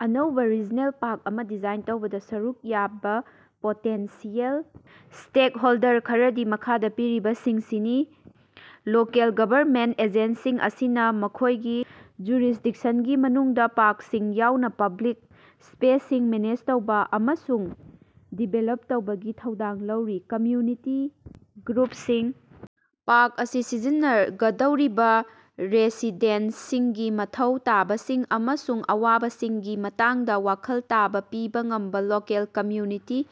ꯑꯅꯧꯕꯥ regional park ꯑꯃꯥ design ꯇꯧꯕꯗꯥ ꯁꯔꯨꯛ ꯌꯥꯕꯥ ꯄꯣꯇꯦꯟꯁꯤꯑꯦꯜ ꯁ꯭ꯇꯦꯀꯍꯣꯜꯗꯔ ꯈꯔꯗꯤ ꯃꯈꯥꯗꯥ ꯄꯤꯔꯤꯕꯁꯤꯡꯁꯤꯅꯤ꯫ ꯂꯣꯀꯦꯜ ꯒꯕꯔꯅꯃꯦꯟꯇ ꯑꯦꯖꯦꯟꯁꯤꯁꯤꯡ ꯑꯁꯤꯅꯥ ꯃꯈꯣꯏꯒꯤ ꯖꯨꯔꯤꯁꯗꯤꯛꯁꯟꯒꯤ ꯃꯅꯨꯡꯗꯥ ꯄꯥꯔꯛꯁꯤꯡ ꯌꯥꯎꯅꯥ ꯄꯕ꯭ꯂꯤꯛ ꯁ꯭ꯄꯦꯁꯁꯤꯡ ꯃꯦꯅꯦꯖ ꯇꯧꯕ ꯑꯃꯁꯨꯡ ꯗꯤꯚꯦꯂꯞ ꯇꯧꯕꯒꯤ ꯊꯧꯗꯥꯡ ꯂꯧꯔꯤ꯫ ꯀꯝꯌꯨꯅꯤꯇꯤ ꯒ꯭ꯔꯨꯄꯁꯤꯡ ꯄꯥꯔꯛ ꯑꯁꯤ ꯁꯤꯖꯤꯟꯅꯒꯗꯧꯔꯤꯕ ꯔꯦꯁꯤꯗꯦꯟꯇꯁꯤꯡꯒꯤ ꯃꯊꯧ ꯇꯥꯕꯁꯤꯡ ꯑꯃꯁꯨꯡ ꯑꯋꯥꯕꯁꯤꯡꯒꯤ ꯃꯇꯥꯡꯗꯥ ꯋꯥꯈꯜ ꯇꯥꯕ ꯄꯤꯕꯥ ꯉꯝꯕ ꯂꯣꯀꯦꯜ ꯀꯝꯌꯨꯅꯤꯇꯤ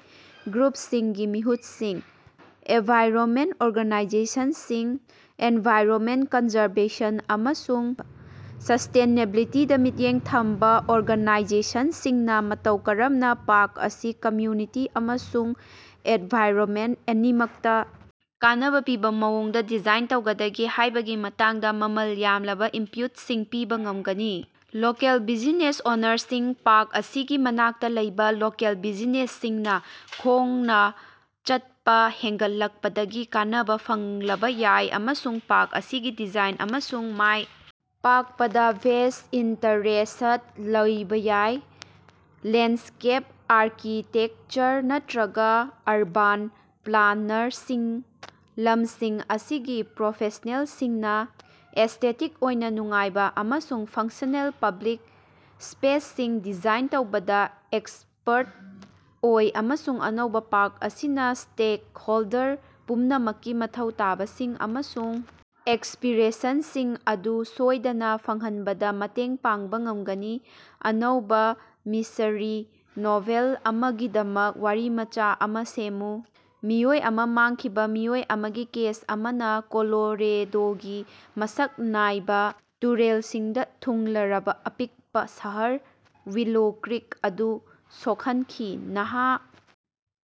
ꯒ꯭ꯔꯨꯄꯁꯤꯡꯒꯤ ꯃꯤꯍꯨꯠꯁꯤꯡ꯫ꯑꯦꯟꯚꯥꯏꯔꯣꯃꯦꯟꯠ ꯑꯣꯔꯒꯥꯅꯥꯏꯖꯦꯁꯟꯁꯤꯡ ꯑꯦꯟꯚꯥꯏꯔꯣꯃꯦꯟꯠ ꯀꯟꯖꯥꯔꯕꯦꯁꯟ ꯑꯃꯁꯨꯡ ꯁꯁ꯭ꯇꯦꯅꯦꯕꯤꯂꯤꯇꯤꯗꯥ ꯃꯤꯠꯌꯦꯡ ꯊꯝꯕ ꯑꯣꯔꯒꯥꯅꯥꯏꯖꯦꯁꯟꯁꯤꯡꯅꯥ ꯃꯇꯧ ꯀꯔꯝꯅꯥ ꯄꯥꯔꯛ ꯑꯁꯤ ꯀꯝꯌꯨꯅꯤꯇꯤ ꯑꯃꯁꯨꯡ ꯑꯦꯟꯚꯥꯏꯔꯣꯃꯦꯟꯠ ꯑꯅꯤꯃꯛꯇꯥ ꯀꯥꯟꯅꯕꯥ ꯄꯤꯕ ꯃꯑꯣꯡꯗꯥ ꯗꯤꯖꯥꯏꯟ ꯇꯧꯒꯗꯒꯦ ꯍꯥꯏꯕꯒꯤ ꯃꯇꯥꯡꯗꯥ ꯃꯃꯜ ꯌꯥꯝꯂꯕꯥ ꯏꯟꯄꯨꯠꯁꯤꯡ ꯄꯤꯕꯥ ꯉꯝꯒꯅꯤ꯫ ꯂꯣꯀꯦꯜ ꯕꯤꯖꯤꯅꯦꯁ ꯑꯣꯅꯔꯁꯤꯡ ꯄꯥꯔꯛ ꯑꯁꯤꯒꯤ ꯃꯅꯥꯛꯇꯥ ꯂꯩꯕ ꯂꯣꯀꯦꯜ ꯕꯤꯖꯤꯅꯦꯁꯁꯤꯡꯅꯥ ꯈꯣꯡꯅꯥ ꯆꯠꯄꯥ ꯍꯦꯟꯒꯠꯂꯛꯄꯗꯒꯤ ꯀꯥꯟꯅꯕꯥ ꯐꯪꯂꯕ ꯌꯥꯏ ꯑꯃꯁꯨꯡ ꯄꯥꯔꯛ ꯑꯁꯤꯒꯤ ꯗꯤꯖꯥꯏꯟ ꯑꯃꯁꯨꯡ ꯃꯥꯏ ꯄꯥꯛꯄꯗꯥ ꯚꯦꯁ꯭ꯠ ꯏꯟꯇꯔꯦꯁ꯭ꯠ ꯂꯩꯕ ꯌꯥꯏ꯫ ꯂꯦꯟꯁ꯭ꯀꯦꯞ ꯑꯥꯔꯀꯤꯇꯦꯛꯆꯔ ꯅꯠꯇ꯭ꯔꯒ ꯑꯔꯕꯥꯟ ꯄ꯭ꯂꯥꯅꯔꯁꯤꯡ ꯂꯝꯁꯤꯡ ꯑꯁꯤꯒꯤ ꯄ꯭ꯔꯣꯐꯦꯁ꯭ꯅꯦꯜꯁꯤꯡꯅꯥ ꯑꯦꯁ꯭ꯇꯦꯇꯤꯛ ꯑꯣꯏꯅ ꯅꯨꯡꯉꯥꯏꯕ ꯑꯃꯁꯨꯡ ꯐꯪꯡꯁ꯭ꯅꯦꯜ ꯄꯕ꯭ꯂꯤꯛ ꯁ꯭ꯄꯦꯁꯁꯤꯡ ꯗꯤꯖꯥꯏꯟ ꯇꯧꯕꯗꯥ ꯑꯦꯛꯁꯄꯔꯠ ꯑꯣꯏ ꯑꯃꯁꯨꯡ ꯑꯅꯧꯕ ꯄꯥꯔꯛ ꯑꯁꯤꯅꯥ ꯁ꯭ꯇꯦꯀꯍꯣꯜꯗꯔ ꯄꯨꯝꯅꯃꯛꯀꯤ ꯃꯊꯧ ꯇꯥꯕꯁꯤꯡ ꯑꯃꯁꯨꯡ ꯑꯦꯁ꯭ꯄꯤꯔꯦꯁꯟꯁꯤꯡ ꯑꯗꯨ ꯁꯣꯏꯗꯅꯥ ꯐꯪꯍꯟꯕꯗꯥ ꯃꯇꯦꯡ ꯄꯥꯡꯕ ꯉꯝꯒꯅꯤ꯫ ꯑꯅꯧꯕꯥ ꯃꯤꯁ꯭ꯠꯔꯤ ꯅꯣꯚꯦꯜ ꯑꯃꯥꯒꯤꯗꯃꯛ ꯋꯥꯔꯤꯃꯆꯥ ꯑꯃꯥ ꯁꯦꯝꯃꯨ꯫ ꯃꯤꯑꯣꯏ ꯑꯃꯥ ꯃꯥꯡꯈꯤꯕ ꯃꯤꯑꯣꯏ ꯑꯃꯒꯤ ꯀꯦꯁ ꯑꯃꯅꯥ ꯀꯣꯂꯣꯔꯦꯗꯣꯒꯤ ꯃꯁꯛ ꯅꯥꯏꯕ ꯇꯨꯔꯦꯜꯁꯤꯡꯗꯥ ꯊꯨꯡꯂꯔꯕꯥ ꯑꯄꯤꯛꯄꯥ ꯁꯍꯔ ꯋꯤꯂꯣ ꯀ꯭ꯔꯤꯛ ꯑꯗꯨ ꯁꯣꯛꯍꯟꯈꯤ꯫ ꯅꯍꯥ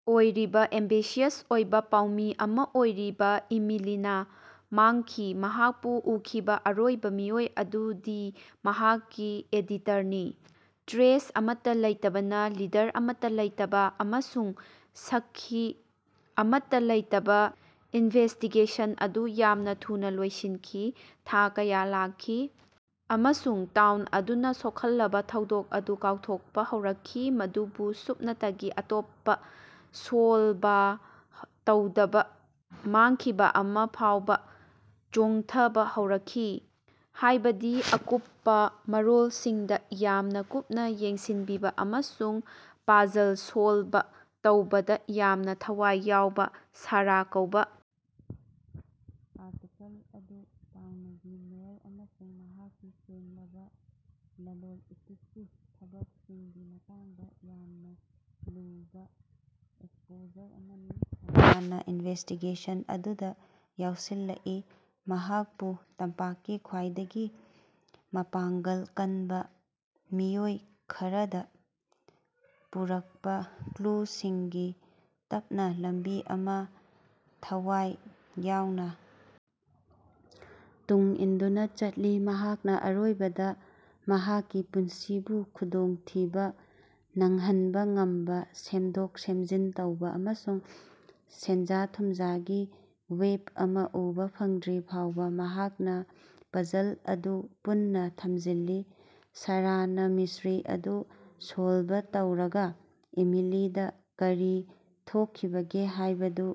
ꯑꯣꯏꯔꯤꯕꯥ, ꯑꯦꯝꯕꯤꯁꯤꯌꯁ ꯑꯣꯏꯕ ꯄꯥꯎꯃꯤ ꯑꯃꯥ ꯑꯣꯏꯔꯤꯕ ꯏꯃꯤꯂꯤꯅꯥ ꯃꯥꯡꯈꯤ꯫ ꯃꯍꯥꯛꯄꯨ ꯎꯈꯤꯕꯥ ꯑꯔꯣꯏꯕ ꯃꯤꯑꯣꯏ ꯑꯗꯨꯗꯤ ꯃꯍꯥꯛꯀꯤ ꯑꯦꯗꯤꯇꯔꯅꯤ꯫ ꯇ꯭ꯔꯦꯏꯁ ꯑꯃꯠꯇꯥ ꯂꯩꯇꯕꯅꯥ, ꯂꯤꯗꯔ ꯑꯃꯠꯇꯥ ꯂꯩꯇꯕ, ꯑꯃꯁꯨꯡ ꯁꯥꯛꯈꯤ ꯑꯃꯠꯇꯥ ꯂꯩꯇꯕ ꯏꯅꯚꯦꯁ꯭ꯇꯤꯒꯦꯁꯟ ꯑꯗꯨ ꯌꯥꯝꯅ ꯊꯨꯅꯥ ꯂꯣꯏꯁꯤꯟꯈꯤ꯫ ꯊꯥ ꯀꯌꯥ ꯂꯥꯛꯈꯤ, ꯑꯃꯁꯨꯡ ꯇꯥꯎꯟ ꯑꯗꯨꯅꯥ ꯁꯣꯛꯍꯜꯂꯕꯥ ꯊꯧꯗꯣꯛ ꯑꯗꯨ ꯀꯥꯎꯊꯣꯛꯄꯥ ꯍꯧꯔꯛꯈꯤ, ꯃꯗꯨꯕꯨ ꯁꯨꯞꯅꯇꯒꯤ ꯑꯇꯣꯞꯄꯥ ꯁꯣꯜꯕ ꯇꯧꯗꯕꯥ ꯃꯥꯡꯈꯤꯕꯥ ꯑꯃꯥ ꯐꯥꯎꯕꯥ ꯆꯣꯡꯊꯕꯥ ꯍꯧꯔꯛꯈꯤ꯫ ꯍꯥꯏꯕꯗꯤ ꯑꯀꯨꯞꯄꯥ ꯃꯔꯣꯜꯁꯤꯡꯗꯥ ꯌꯥꯝꯅ ꯀꯨꯞꯅꯥ ꯌꯦꯡꯁꯤꯟꯕꯤꯕꯥ, ꯑꯃꯁꯨꯡ ꯄꯥꯖꯜ ꯁꯣꯜꯕ ꯇꯧꯕꯗꯥ ꯌꯥꯝꯅꯥ ꯊꯋꯥꯏ ꯌꯥꯎꯕꯥ ꯁꯥꯔꯥ ꯀꯧꯕ ꯑꯥꯔꯇꯤꯀꯜ ꯑꯗꯨ ꯇꯥꯎꯅꯒꯤ ꯃꯦꯌꯔ ꯑꯃꯁꯨꯡ ꯃꯍꯥꯛꯀꯤ ꯁꯦꯡꯂꯕꯥ ꯂꯂꯣꯟ ꯏꯇꯤꯛꯀꯤ ꯊꯕꯛꯁꯤꯡꯒꯤ ꯃꯇꯥꯡꯗꯥ ꯌꯥꯝꯅ ꯂꯨꯕꯥ ꯑꯦꯛꯁꯄꯣꯖꯔ ꯑꯃꯅꯤ꯫ ꯁꯥꯔꯥꯅꯥ ꯏꯅꯚꯦꯁ꯭ꯇꯤꯒꯦꯁꯟ ꯑꯗꯨꯗꯥ ꯌꯥꯎꯁꯤꯜꯂꯛꯏ, ꯃꯍꯥꯀꯄꯨ ꯇꯝꯄꯥꯛꯀꯤ ꯈ꯭ꯋꯥꯏꯗꯒꯤ ꯃꯄꯥꯉ꯭ꯡꯒꯜ ꯀꯟꯕꯥ ꯃꯤꯑꯣꯏ ꯈꯔꯗꯥ ꯄꯨꯔꯛꯄꯥ ꯀ꯭ꯂꯨꯁꯤꯡꯒꯤ ꯇꯞꯅꯥ ꯂꯝꯕꯤ ꯑꯃꯥ ꯊꯋꯥꯏ ꯌꯥꯎꯅꯥ ꯇꯨꯡ ꯏꯟꯗꯨꯅꯥ ꯆꯠꯂꯤ꯫ ꯃꯍꯥꯛꯅꯥ ꯑꯔꯣꯏꯕꯗꯥ ꯃꯍꯥꯛꯀꯤ ꯄꯨꯟꯁꯤꯕꯨ ꯈꯨꯗꯣꯡꯊꯤꯕꯥ ꯅꯪꯍꯟꯕꯥ ꯉꯝꯕꯥ, ꯁꯦꯝꯗꯣꯛ-ꯁꯦꯝꯖꯤꯟ ꯇꯧꯕ ꯑꯃꯁꯨꯡ ꯁꯦꯟꯖꯥ-ꯊꯨꯝꯖꯥꯒꯤ ꯋꯦꯕ ꯑꯃꯥ ꯎꯕꯥ ꯐꯪꯗ꯭ꯔꯤ ꯐꯥꯎꯕꯥ ꯃꯍꯥꯛꯅꯥ ꯄꯥꯖꯜ ꯑꯗꯨ ꯄꯨꯟꯅꯥ ꯊꯝꯖꯤꯜꯂꯤ꯫ ꯁꯥꯔꯥꯅꯥ ꯃꯤꯁ꯭ꯠꯔꯤ ꯑꯗꯨ ꯁꯣꯜꯕ ꯇꯧꯔꯒꯥ ꯏꯃꯤꯂꯤꯗꯥ ꯀꯔꯤ ꯊꯣꯛꯈꯤꯕꯒꯦ ꯍꯥꯏꯕꯗꯨ